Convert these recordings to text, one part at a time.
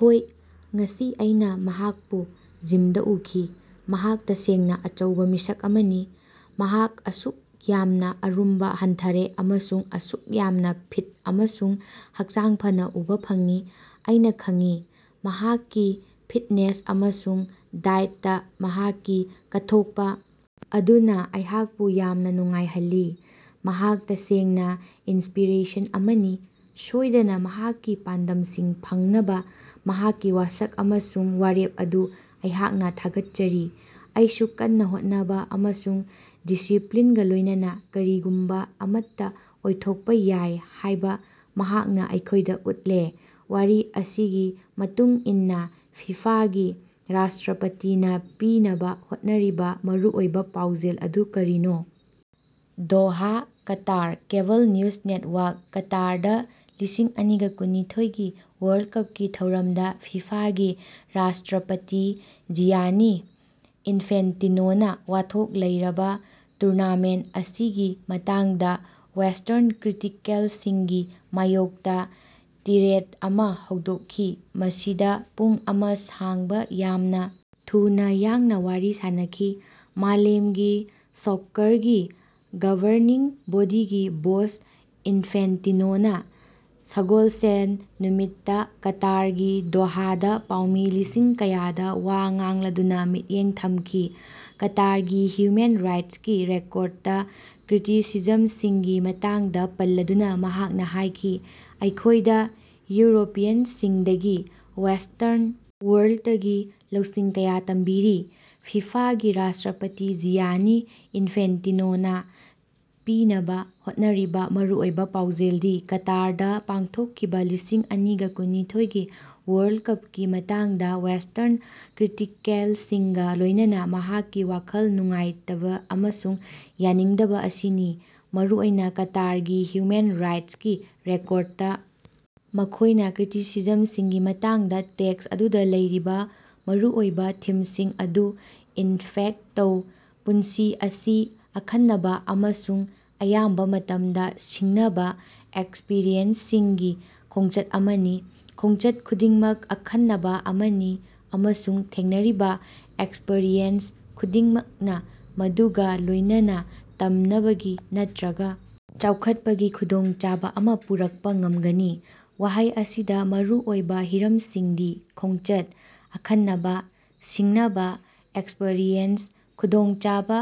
ꯍꯣꯏ ꯉꯁꯤ ꯑꯩꯅ ꯃꯍꯥꯛꯄꯨ ꯖꯤꯝꯗ ꯎꯈꯤ꯫ ꯃꯍꯥꯛ ꯇꯁꯦꯡꯅ ꯑꯆꯧꯕ ꯃꯤꯁꯛ ꯑꯃꯅꯤ꯫ ꯃꯍꯥꯛ ꯑꯁꯨꯛ ꯌꯥꯝꯅ ꯑꯔꯨꯝꯕ ꯍꯟꯊꯔꯦ ꯑꯃꯁꯨꯡ ꯑꯁꯨꯛ ꯌꯥꯝꯅ ꯐꯤꯠ ꯑꯃꯁꯨꯡ ꯍꯛꯆꯥꯡ ꯐꯅ ꯎꯕ ꯐꯪꯏ꯫ ꯑꯩꯅ ꯈꯪꯏ꯫ ꯃꯍꯥꯛꯀꯤ ꯐꯤꯠꯅꯦꯁ ꯑꯃꯁꯨꯡ ꯗꯥꯏꯇꯇ ꯃꯍꯥꯛꯀꯤ ꯀꯠꯊꯣꯛꯄ ꯑꯗꯨꯅ ꯑꯩꯍꯥꯛꯄꯨ ꯌꯥꯝꯅ ꯅꯨꯡꯉꯥꯏꯍꯜꯂꯤ꯫ ꯃꯍꯥꯛ ꯇꯁꯦꯡꯅ ꯏꯟꯁꯄꯤꯔꯦꯁꯟ ꯑꯃꯅꯤ꯫ ꯁꯣꯏꯗꯅ ꯃꯍꯥꯛꯀꯤ ꯄꯥꯟꯗꯝꯁꯤꯡ ꯐꯪꯅꯕ ꯃꯍꯥꯛꯀꯤ ꯋꯥꯁꯛ ꯑꯃꯁꯨꯡ ꯋꯥꯔꯦꯞ ꯑꯗꯨ ꯑꯩꯍꯥꯛꯅ ꯊꯥꯒꯠꯆꯔꯤ꯫ ꯑꯩꯁꯨ ꯀꯟꯅ ꯍꯣꯠꯅꯕ ꯑꯃꯁꯨꯡ ꯗꯤꯁꯤꯞꯂꯤꯟꯒ ꯂꯣꯏꯅꯅ ꯀꯔꯤꯒꯨꯝꯕ ꯑꯃꯠꯇ ꯑꯣꯏꯊꯣꯛꯄ ꯌꯥꯏ ꯍꯥꯏꯕ ꯃꯍꯥꯛꯅ ꯑꯩꯈꯣꯏꯗ ꯎꯠꯂꯦ꯫ ꯋꯥꯔꯤ ꯑꯁꯤꯒꯤ ꯃꯇꯨꯡ ꯏꯟꯅ ꯐꯤꯐꯥꯒꯤ ꯔꯥꯁ꯭ꯇꯔꯄꯇꯤꯅꯥ ꯄꯤꯅꯕ ꯍꯣꯠꯅꯔꯤꯕ ꯃꯔꯨꯑꯣꯏꯕ ꯄꯥꯎꯖꯦꯜ ꯑꯗꯨ ꯀꯔꯤꯅꯣ? Doha Qatar (cable news network) — ꯀꯇꯥꯔꯗ ꯂꯤꯁꯤꯡ ꯑꯅꯤꯒ ꯀꯨꯟꯅꯤꯊꯣꯏꯒꯤ ꯋꯥꯔꯜꯗ ꯀꯄꯀꯤ ꯊꯧꯔꯝꯗ ꯐꯤꯐꯥꯒꯤ ꯔꯥꯁ꯭ꯇꯔꯄꯇꯤ ꯖꯤꯌꯥꯅꯤ ꯏꯅꯐꯦꯟꯇꯤꯅꯣꯅꯥ ꯋꯥꯊꯣꯛ ꯂꯩꯔꯕ ꯇꯨꯔꯅꯥꯃꯦꯟꯇ ꯑꯁꯤꯒꯤ ꯃꯇꯥꯡꯗ ꯋꯦꯁ꯭ꯇꯔꯟ ꯀ꯭ꯔꯤꯇꯤꯀꯦꯜꯁꯤꯡꯒꯤ ꯃꯥꯌꯣꯛꯇ ꯇꯤꯔꯦꯗ ꯑꯃ ꯍꯧꯗꯣꯛꯈꯤ꯫ ꯃꯁꯤꯗ ꯄꯨꯡ ꯑꯃ ꯁꯥꯡꯕ ꯌꯥꯝꯅ ꯊꯨꯅ ꯌꯥꯡꯅ ꯋꯥꯔꯤ ꯁꯥꯅꯈꯤ꯫ ꯃꯥꯂꯦꯝꯒꯤ ꯁꯣꯀꯔꯒꯤ ꯒꯕꯔꯅꯤꯡ ꯕꯣꯗꯤꯒꯤ ꯕꯣꯁ ꯏꯅꯐꯦꯟꯇꯤꯅꯣꯅꯥ ꯁꯒꯣꯜꯁꯦꯟ ꯅꯨꯃꯤꯠꯇ ꯀꯇꯥꯔꯒꯤ ꯗꯣꯍꯥꯗꯥ ꯄꯥꯎꯃꯤ ꯂꯤꯁꯤꯡ ꯀꯌꯥꯗ ꯋꯥ ꯉꯥꯡꯂꯗꯨꯅ ꯃꯤꯠꯌꯦꯡ ꯊꯝꯈꯤ꯫ ꯀꯇꯥꯔꯒꯤ ꯍ꯭ꯌꯨꯃꯦꯟ ꯔꯥꯏꯠꯁꯀꯤ ꯔꯦꯀꯣꯔꯗꯇ ꯀ꯭ꯔꯤꯇꯤꯁꯤꯖꯝꯁꯤꯡꯒꯤ ꯃꯇꯥꯡꯗꯥ ꯄꯜꯂꯗꯨꯅꯥ ꯃꯍꯥꯛꯅꯥ ꯍꯥꯏꯈꯤ, "ꯑꯩꯈꯣꯏꯗ ꯌꯨꯔꯣꯄꯤꯌꯟꯁꯤꯡꯗꯒꯤ, ꯋꯦꯁ꯭ꯇꯔꯟ ꯋꯥꯔꯜꯗꯇꯒꯤ ꯂꯧꯁꯤꯡ ꯀꯌꯥ ꯇꯝꯕꯤꯔꯤ꯫" ꯐꯤꯐꯥꯒꯤ ꯔꯥꯁ꯭ꯇꯔꯄꯇꯤ ꯖꯤꯌꯥꯅꯤ ꯏꯅꯐꯦꯟꯇꯤꯅꯣꯅꯥ ꯄꯤꯅꯕ ꯍꯣꯠꯅꯔꯤꯕ ꯃꯔꯨꯑꯣꯏꯕ ꯄꯥꯎꯖꯦꯜꯗꯤ ꯀꯇꯥꯔꯗꯥ ꯄꯥꯡꯊꯣꯛꯈꯤꯕ ꯂꯤꯁꯤꯡ ꯑꯅꯤꯒ ꯀꯨꯟꯅꯤꯊꯣꯏꯒꯤ ꯋꯥꯔꯜꯗ ꯀꯄꯀꯤ ꯃꯇꯥꯡꯗ ꯋꯦꯁ꯭ꯇꯔꯟ ꯀ꯭ꯔꯤꯇꯤꯀꯦꯜꯁꯤꯡꯒ ꯂꯣꯏꯅꯅ ꯃꯍꯥꯛꯀꯤ ꯋꯥꯈꯜ ꯅꯨꯡꯉꯥꯏꯇꯕꯥꯑꯃꯁꯨꯡ ꯌꯥꯅꯤꯡꯗꯕ ꯑꯁꯤꯅꯤ꯫ ꯃꯔꯨꯑꯣꯏꯅ ꯀꯇꯥꯔꯒꯤ ꯍ꯭ꯌꯨꯃꯦꯟ ꯔꯥꯏꯠꯁꯀꯤ ꯔꯦꯀꯣꯔꯗꯇ ꯃꯈꯣꯏꯅ ꯀ꯭ꯔꯤꯇꯤꯁꯤꯖꯝꯁꯤꯡꯒꯤ ꯃꯇꯥꯡꯗ ꯇꯦꯛꯁ ꯑꯗꯨꯗ ꯂꯩꯔꯤꯕ ꯃꯔꯨꯑꯣꯏꯕ ꯊꯤꯝꯁꯤꯡ ꯑꯗꯨ ꯏꯟꯐꯦꯛꯇ ꯇꯧ꯫ ꯄꯨꯟꯁꯤ ꯑꯁꯤ ꯑꯈꯟꯅꯕ ꯑꯃꯁꯨꯡ ꯑꯌꯥꯝꯕ ꯃꯇꯝꯗ ꯁꯤꯡꯅꯕ ꯑꯦꯛꯁꯄꯔꯤꯌꯦꯟꯁꯁꯤꯡꯒꯤ ꯈꯣꯡꯆꯠ ꯑꯃꯅꯤ꯫ ꯈꯣꯡꯆꯠ ꯈꯨꯗꯤꯡꯃꯛ ꯑꯈꯟꯅꯕ ꯑꯃꯅꯤ ꯑꯃꯁꯨꯡ ꯊꯦꯡꯅꯔꯤꯕ ꯑꯦꯛꯁꯄꯔꯤꯌꯦꯟꯁ ꯈꯨꯗꯤꯡꯃꯛꯅ ꯃꯗꯨꯒ ꯂꯣꯏꯅꯅ ꯇꯝꯅꯕꯒꯤ ꯅꯠꯇ꯭ꯔꯒ ꯆꯥꯎꯈꯠꯄꯒꯤ ꯈꯨꯗꯣꯡꯆꯥꯕ ꯑꯃꯥ ꯄꯨꯔꯛꯄ ꯉꯝꯒꯅꯤ꯫ ꯋꯥꯍꯩ ꯑꯁꯤꯗ ꯃꯔꯨ ꯑꯣꯏꯕ ꯍꯤꯔꯝꯁꯤꯡꯗꯤ ꯈꯣꯡꯆꯠ, ꯑꯈꯟꯅꯕ, ꯁꯤꯡꯅꯕ ꯑꯦꯛꯁꯄꯔꯤꯌꯦꯟꯁ, ꯈꯨꯗꯣꯡꯆꯥꯕ,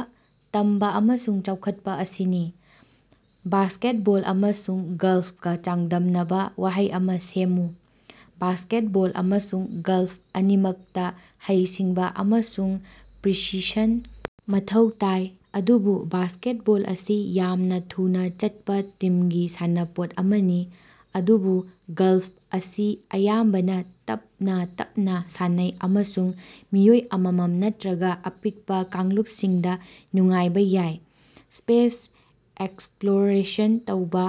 ꯇꯝꯕ ꯑꯃꯁꯨꯡ ꯆꯥꯎꯈꯠꯄ ꯑꯁꯤꯅꯤ꯫ ꯕꯥꯁꯀꯦꯠꯕꯣꯜ ꯑꯃꯁꯨꯡ ꯒꯜꯐꯀ ꯆꯥꯡꯗꯝꯅꯕ ꯋꯥꯍꯩ ꯑꯃ ꯁꯦꯝꯃꯨ꯫ ꯕꯥꯁꯀꯦꯠꯕꯣꯜ ꯑꯃꯁꯨꯡ ꯒꯜꯐ ꯑꯅꯤꯃꯛꯇ ꯍꯩꯁꯤꯡꯕ ꯑꯃꯁꯨꯡ ꯄ꯭ꯔꯤꯁꯤꯁꯟ ꯃꯊꯧ ꯇꯥꯏ꯫ ꯑꯗꯨꯕꯨ ꯕꯥꯁꯀꯦꯠꯕꯣꯜ ꯑꯁꯤ ꯌꯥꯝꯅ ꯊꯨꯅ ꯆꯠꯄ ꯇꯤꯝꯒꯤ ꯁꯥꯟꯅꯄꯣꯠ ꯑꯃꯅꯤ꯫ ꯑꯗꯨꯕꯨ ꯒꯜꯐ ꯑꯁꯤ ꯑꯌꯥꯝꯕꯅ ꯇꯞꯅ ꯇꯞꯅ ꯁꯥꯟꯅꯩ ꯑꯃꯁꯨꯡ ꯃꯤꯑꯣꯏ ꯑꯃꯃꯝ ꯅꯠꯇ꯭ꯔꯒ ꯑꯄꯤꯛꯄ ꯀꯥꯡꯂꯨꯄꯁꯤꯡꯗ ꯅꯨꯡꯉꯥꯏꯕ ꯌꯥꯏ꯫ ꯁ꯭ꯄꯦꯁ ꯑꯦꯛꯁꯞꯂꯣꯔꯦꯁꯟ ꯇꯧꯕ꯫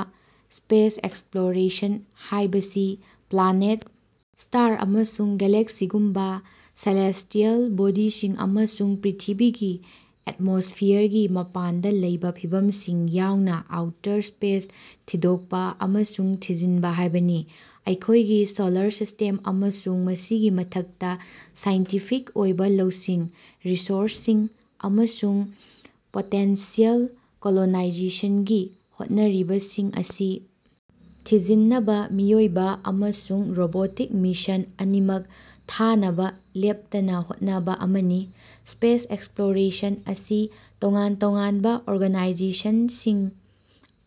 ꯁ꯭ꯄꯦꯁ ꯑꯦꯛꯁꯞꯂꯣꯔꯦꯁꯟ ꯍꯥꯏꯕꯁꯤ ꯄ꯭ꯂꯥꯅꯦꯠ, ꯁ꯭ꯇꯥꯔ ꯑꯃꯁꯨꯡ ꯒꯦꯂꯦꯛꯁꯤꯒꯨꯝꯕ ꯁꯦꯂꯦꯁ꯭ꯇꯤꯑꯦꯜ ꯕꯣꯗꯤꯁꯤꯡ ꯑꯃꯁꯨꯡ ꯄ꯭ꯔ꯭ꯤꯊꯤꯕꯤꯒꯤ ꯑꯦꯇꯃꯣꯁ꯭ꯐꯤꯌꯔꯒꯤ ꯃꯄꯥꯟꯗ ꯂꯩꯕ ꯐꯤꯚꯝꯁꯤꯡ ꯌꯥꯎꯅ ꯑꯥꯎꯇꯔ ꯁ꯭ꯄꯦꯁ ꯊꯤꯗꯣꯛꯄ ꯑꯃꯁꯨꯡ ꯊꯤꯖꯤꯟꯕ ꯍꯥꯏꯕꯅꯤ꯫ ꯑꯩꯈꯣꯏꯒꯤ ꯁꯣꯂꯥꯔ ꯁꯤꯁ꯭ꯇꯦꯝ, ꯑꯃꯁꯨꯡ ꯃꯁꯤꯒꯤ ꯃꯊꯛꯇ, ꯁꯥꯏꯟꯇꯤꯐꯤꯛ ꯑꯣꯏꯕ ꯂꯧꯁꯤꯡ, ꯔꯤꯁꯣꯔꯁꯁꯤꯡ, ꯑꯃꯁꯨꯡ ꯄꯣꯇꯦꯟꯁꯤꯌꯦꯜ ꯀꯣꯂꯣꯅꯥꯏꯖꯦꯁꯟꯒꯤ ꯍꯣꯠꯅꯔꯤꯕꯁꯤꯡ ꯑꯁꯤ ꯊꯤꯖꯤꯟꯅꯕ ꯃꯤꯑꯣꯏꯕ ꯑꯃꯁꯨꯡ ꯔꯣꯕꯣꯇꯤꯛ ꯃꯤꯁꯟ ꯑꯅꯤꯃꯛ ꯊꯥꯅꯕ ꯂꯦꯞꯇꯅ ꯍꯣꯠꯅꯕ ꯑꯃꯅꯤ꯫ ꯁ꯭ꯄꯦꯁ ꯑꯦꯛꯁꯞꯂꯣꯔꯦꯁꯟ ꯑꯁꯤ ꯇꯣꯉꯥꯟ ꯇꯣꯉꯥꯟꯕ ꯑꯣꯔꯒꯅꯥꯏꯖꯦꯁꯅꯁꯤꯡ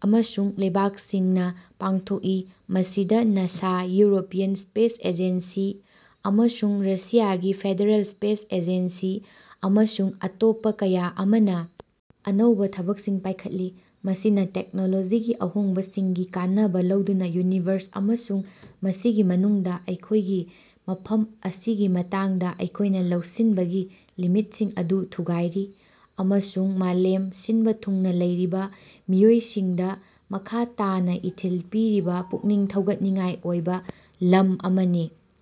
ꯑꯃꯁꯨꯡ ꯂꯩꯕꯥꯛꯁꯤꯡꯅ ꯄꯥꯡꯊꯣꯛꯏ꯫ ꯃꯁꯤꯗ ꯅꯥꯁꯥ, ꯌꯨꯔꯣꯄꯤꯌꯟ ꯁ꯭ꯄꯦꯁ ꯑꯦꯖꯦꯟꯁꯤ, ꯑꯃꯁꯨꯡ ꯔꯁꯤꯌꯥꯒꯤ ꯐꯦꯗꯔꯦꯜ ꯁ꯭ꯄꯦꯁ ꯑꯦꯖꯦꯟꯁꯤ, ꯑꯃꯁꯨꯡ ꯑꯇꯣꯞꯄ ꯀꯌꯥ ꯑꯃꯅ ꯑꯅꯧꯕ ꯊꯕꯛꯁꯤꯡ ꯄꯥꯏꯈꯠꯂꯤ꯫ ꯃꯁꯤꯅ ꯇꯦꯛꯅꯣꯂꯣꯖꯤꯒꯤ ꯑꯍꯣꯡꯕꯁꯤꯡꯒꯤ ꯀꯥꯟꯅꯕ ꯂꯧꯗꯨꯅ ꯌꯨꯅꯤꯚꯔꯁ ꯑꯃꯁꯨꯡ ꯃꯁꯤꯒꯤ ꯃꯅꯨꯡꯗ ꯑꯩꯈꯣꯏꯒꯤ ꯃꯐꯝ ꯑꯁꯤꯒꯤ ꯃꯇꯥꯡꯗ ꯑꯩꯈꯣꯏꯅ ꯂꯧꯁꯤꯟꯕꯒꯤ ꯂꯤꯃꯤꯠꯁꯤꯡ ꯑꯗꯨ ꯊꯨꯒꯥꯏꯔꯤ꯫ ꯑꯃꯁꯨꯡ ꯃꯥꯂꯦꯝ ꯁꯤꯟꯕ ꯊꯨꯡꯅ ꯂꯩꯔꯤꯕ ꯃꯤꯑꯣꯏꯁꯤꯡꯗ ꯃꯈꯥ ꯇꯥꯅ ꯏꯊꯤꯜ ꯄꯤꯔꯤꯕ ꯄꯨꯛꯅꯤꯡ ꯊꯧꯒꯠꯅꯤꯡꯉꯥꯏ ꯑꯣꯏꯕ ꯂꯝ ꯑꯃꯅꯤ꯫